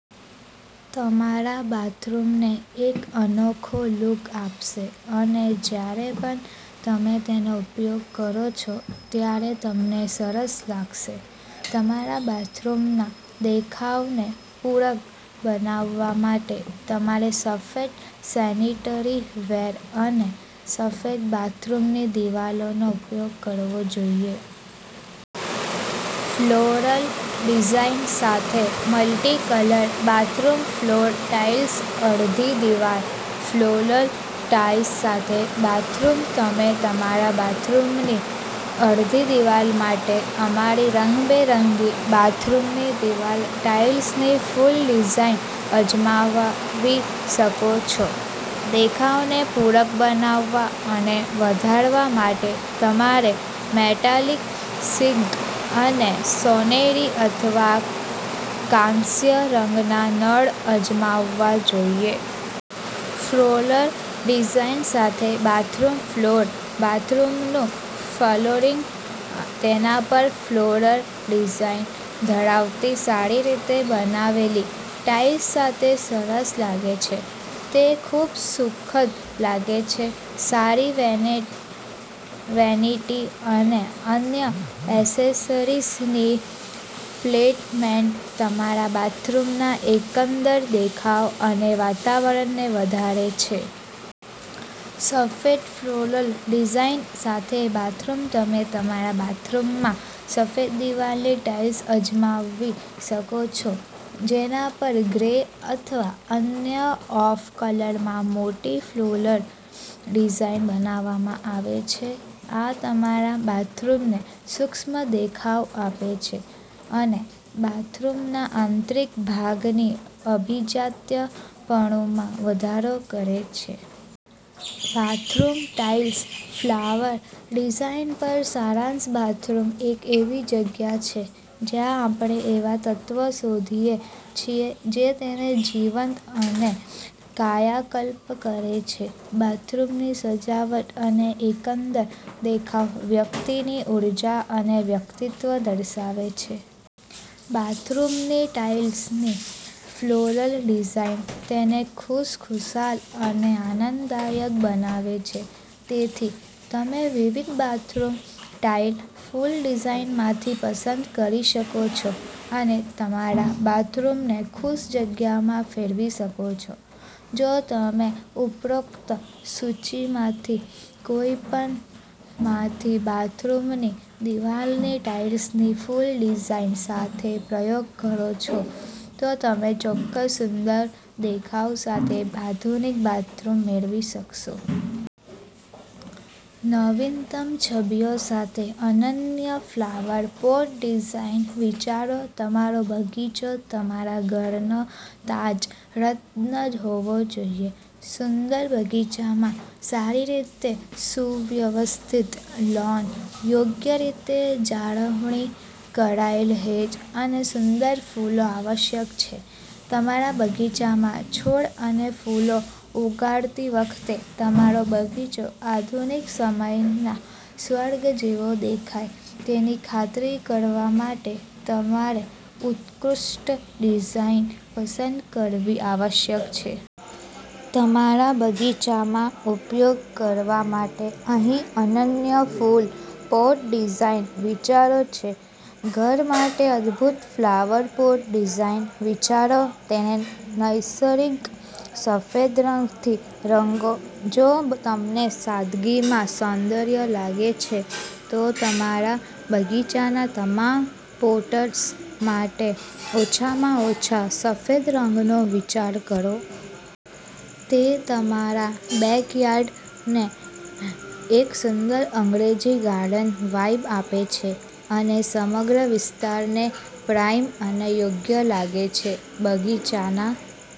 તમારા બાથરૂમને એક અનોખો લુક આપશે અને જ્યારે પણ તમે તેનો ઉપયોગ કરો છો ત્યારે તમને સરસ લાગશે. તમારા બાથરૂમના દેખાવને પૂરક બનાવવા માટે, તમારે સફેદ સેનિટરી વેર અને સફેદ બાથરૂમની દિવાલોનો ઉપયોગ કરવો જોઈએ. ફ્લોરલ ડિઝાઇન સાથે મલ્ટી-કલર બાથરૂમ ફ્લોર ટાઇલ્સ અડધી દિવાલ ફ્લોરલ ટાઇલ્સ સાથે બાથરૂમ તમે તમારા બાથરૂમની અડધી દિવાલ માટે અમારી રંગબેરંગી બાથરૂમની દિવાલ ટાઇલ્સની ફૂલ ડિઝાઇન અજમાવી શકો છો. દેખાવને પૂરક બનાવવા અને વધારવા માટે, તમારે મેટાલિક સિંક અને સોનેરી અથવા કાંસ્ય રંગના નળ અજમાવવા જોઈએ. ફ્લોરલ ડિઝાઇન સાથે બાથરૂમ ફ્લોર બાથરૂમનું ફ્લોરિંગ તેના પર ફ્લોરલ ડિઝાઇન ધરાવતી સારી રીતે બનાવેલી ટાઇલ્સ સાથે સરસ લાગે છે. તે ખૂબસુખદ લાગે છે. સારી વેનિટી અને અન્ય એસેસરીઝની પ્લેસમેન્ટ તમારા બાથરૂમના એકંદર દેખાવ અને વાતાવરણને વધારે છે. સફેદ ફ્લોરલ ડિઝાઇન સાથે બાથરૂમ તમે તમારા બાથરૂમમાં સફેદ દિવાલની ટાઇલ્સ અજમાવી શકો છો, જેના પર ગ્રે અથવા અન્ય ઑફ કલરમાં મોટી ફ્લોરલ ડિઝાઇન બનાવવામાં આવે છે. આ તમારા બાથરૂમને સૂક્ષ્મ દેખાવ આપે છે અને બાથરૂમના આંતરિક ભાગની અભિજાત્યપણુમાં વધારો કરે છે. બાથરૂમ ટાઇલ્સ ફ્લાવર ડિઝાઇન પર સારાંશ બાથરૂમ એક એવી જગ્યા છે જ્યાં આપણે એવા તત્વો શોધીએ છીએ જે તેને જીવંત અને કાયાકલ્પ કરે છે. બાથરૂમની સજાવટ અને એકંદર દેખાવ વ્યક્તિની ઊર્જા અને વ્યક્તિત્વ દર્શાવે છે. બાથરૂમની ટાઇલની ફ્લોરલ ડિઝાઇન તેને ખુશખુશાલ અને આનંદદાયક બનાવે છે. તેથી, તમે વિવિધ બાથરૂમ ટાઇલ ફૂલ ડિઝાઇનમાંથી પસંદ કરી શકો છો અને તમારા બાથરૂમને ખુશ જગ્યામાં ફેરવી શકો છો. જો તમે ઉપરોક્ત સૂચિમાંથી કોઈપણમાંથી બાથરૂમની દિવાલની ટાઇલ્સની ફૂલ ડિઝાઇન સાથે પ્રયોગ કરો છો, તો તમે ચોક્કસ સુંદર દેખાવ સાથે આધુનિક બાથરૂમ મેળવી શકશો. નવીનતમ છબીઓ સાથે અનન્ય ફ્લાવર પોટ ડિઝાઇન વિચારો તમારો બગીચો તમારા ઘરનો તાજ રત્ન હોવો જોઈએ. સુંદર બગીચામાં સારી રીતે સુવ્યવસ્થિત લૉન, યોગ્ય રીતે જાળવણી કરાયેલ હેજ અને સુંદર ફૂલો આવશ્યક છે. તમારા બગીચામાં છોડ અને ફૂલો ઉગાડતી વખતે, તમારો બગીચો આધુનિક સમયના સ્વર્ગ જેવો દેખાય તેની ખાતરી કરવા માટે તમારે ઉત્કૃષ્ટ ડિઝાઇન પસંદ કરવી આવશ્યક છે. તમારા બગીચામાં ઉપયોગ કરવા માટે અહીં અનન્ય ફૂલ પોટ ડિઝાઇન વિચારો છે. ઘર માટે અદભૂત ફ્લાવર પોટ ડિઝાઇન વિચારો તેને નૈસર્ગિક સફેદ રંગથી રંગો જો તમને સાદગીમાં સૌંદર્ય લાગે છે, તો તમારા બગીચાના તમામ પોટ્સ માટે ઓછામાં ઓછા સફેદ રંગનો વિચાર કરો. તે તમારા બેકયાર્ડને એક સુંદર અંગ્રેજી ગાર્ડન વાઇબ આપે છે અને સમગ્ર વિસ્તારને પ્રાઇમ અને યોગ્ય લાગે છે. બગીચાના